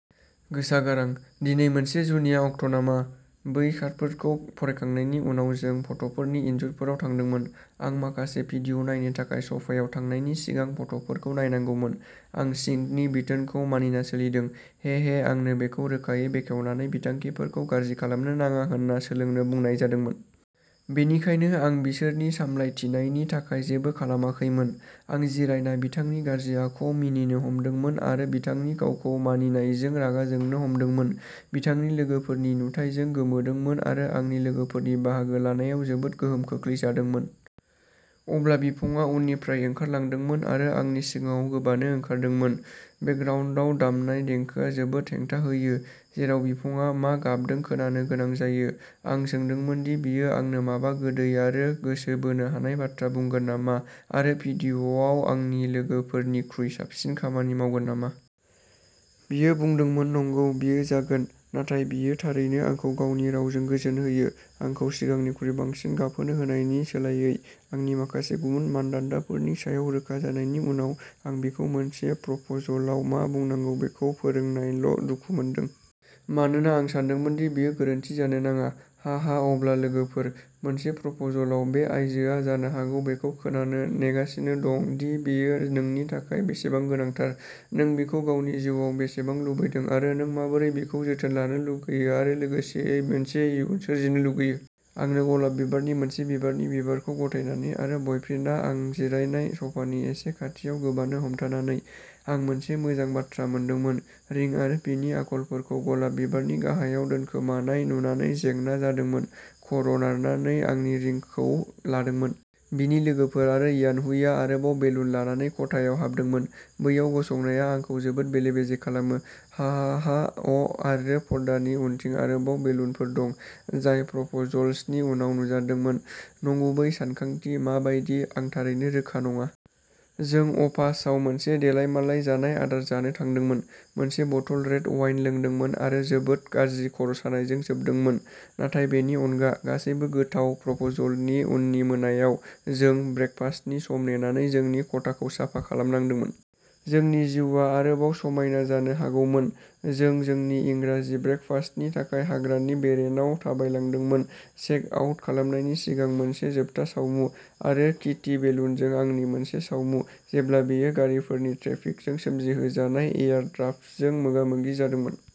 गोसा गारां दिनै मोनसे जुनिया अक्ट'नामा? बै कार्डफोरखौ फरायखांनायनि उनाव जों फट'फोरनि इन्जुरफोराव थांदोंमोन। आं माखासे भिडिअ' नायनो थाखाय स'फायाव थांनायनि सिगां फट'फोरखौ नायनांगौमोन। आं चिंगनि बिथोनखौ मानिना सोलिदों। हे हे आंनो बेखौ रोखायै बेखेवनानै बिथांखिफोरखौ गाज्रि खालामनो नाङा होनना सोलोंनो बुंनाय जादोंमोन। बेनिखायनो आं बिसोरनि सामलायथिनायनि थाखाय जेबो खालामाखैमोन। आं जिरायना बिथांनि गाज्रि आखुआव मिनिनो हमदोंमोन आरो बिथांनि गावखौ मानिनायजों रागा जोंनो हमदोंमोन, बिथांनि लोगोफोरनि नुथाइजों गोमोदोंमोन आरो आंनि लोगोफोरनि बाहागो लानायाव जोबोद गोहोम खोख्लैजादोंमोन। अब्ला बिफंआ उननिफ्राय ओंखारलांदोंमोन आरो आंनि सिगाङाव गोबानो ओंखारदोंमोन। बेकग्राउन्दआव दामनाय देंखोआ जोबोद हेंथा होयो, जेराव बिफंआ मा गाबदों खोनानो गोनां जायो। आं सोंदोंमोन दि बियो आंनो माबा गोदै आरो गोसो बोनो हानाय बाथ्रा बुंगोन नामा आरो भिडिअ'आव आंनि लोगोफोरनिख्रुइ साबसिन खामानि मावगोन नामा। बियो बुंदोंमोन नंगौ, बियो जागोन। नाथाय, बियो थारैनो आंखौ गावनि रावजों गोजोन होयो, आंखौ सिगांनिख्रुइ बांसिन गाबहोनो होनायनि सोलायै। आंनि माखासे गुबुन मानदान्दाफोरनि सायाव रोखा जानायनि उनाव, आं बिखौ मोनसे प्रप'जलाव मा बुंनांगौ बेखौ फोरोंनायल' दुखु मोनदों। मानोना आं सानदोंमोन दि बेयो गोरोन्थि जानो नाङा। हा हा अब्ला लोगोफोर, मोनसे प्रप'जलाव बे आइजोआ जानो हागौ बेखौ खोनानो नेगासिनो दं दि बियो नोंनि थाखाय बेसेबां गोनांथार, नों बिखौ गावनि जिउआव बेसेबां लुबैदों आरो नों माबोरै बिखौ जोथोन लानो लुगैयो आरो लोगोसेयै मोनसे इयुन सोरजिनो लुगैयो। आंनो गलाब बिबारनि मोनसे बिबारनि बिबारखौ गथायनानै आरो बइप्रिन्टआ आं जिरायनाय स'फानि एसे खाथियाव गोबानो हमथानानै, आं मोनसे मोजां बाथ्रा मोनदोंमोन। रिं आरो बिनि आखलफोरखौ गलाब बिबारनि गाहायाव दोनखोमानाय नुनानै जेंना जादोंमोन। खर'नारनानै आंनि रिंखौ लादोंमोन। बिनि लोगोफोर आरो यानहुईआ आरोबाव बेलुन लानानै खथायाव हाबदोंमोन। बैयाव गसंनाया आंखौ जोबोद बेले-बेजे खालामो। हा-हा-हा अ' आरो पर्दानि उनथिं आरोबाव बेलुनफोर दं, जाय प्रप'जलसनि उनाव नुजादोंमोन। नंगुबै सानथांखि मा बायदि, आं थारैनो रोखा नङा। जों अ'पासाव मोनसे देलायमालाय जानाय आदार जानो थांदोंमोन। मोनसे बथल रेड वाइन लोंदोंमोन आरो जोबोद गाज्रि खर'सानायजों जोबदोंमोन। नाथाय बेनि अनगा, गासैबो गोथाव प्रप'जलनि उननि मोनायाव, जों ब्रेकफास्टनि सम नेनानै जोंनि खथाखौ साफा खालामनांदोंमोन। जोंनि जिउआ आरोबाव समायना जानो हागौमोन। जों जोंनि इंराजि ब्रेकफास्टनि थाखाय हाग्रानि बेरेनाव थाबायलांदोंमोन। चेक आउट खालामनायनि सिगां मोनसे जोबथा सावमु। आरो किटि बेलुनजों आंनि मोनसे सावमु, जेब्ला बेयो गारिफोरनि ट्रेफिकजों सोमजिहोजानाय एयार ड्राफ्टजों मोगा-मोगि जादोंमोन।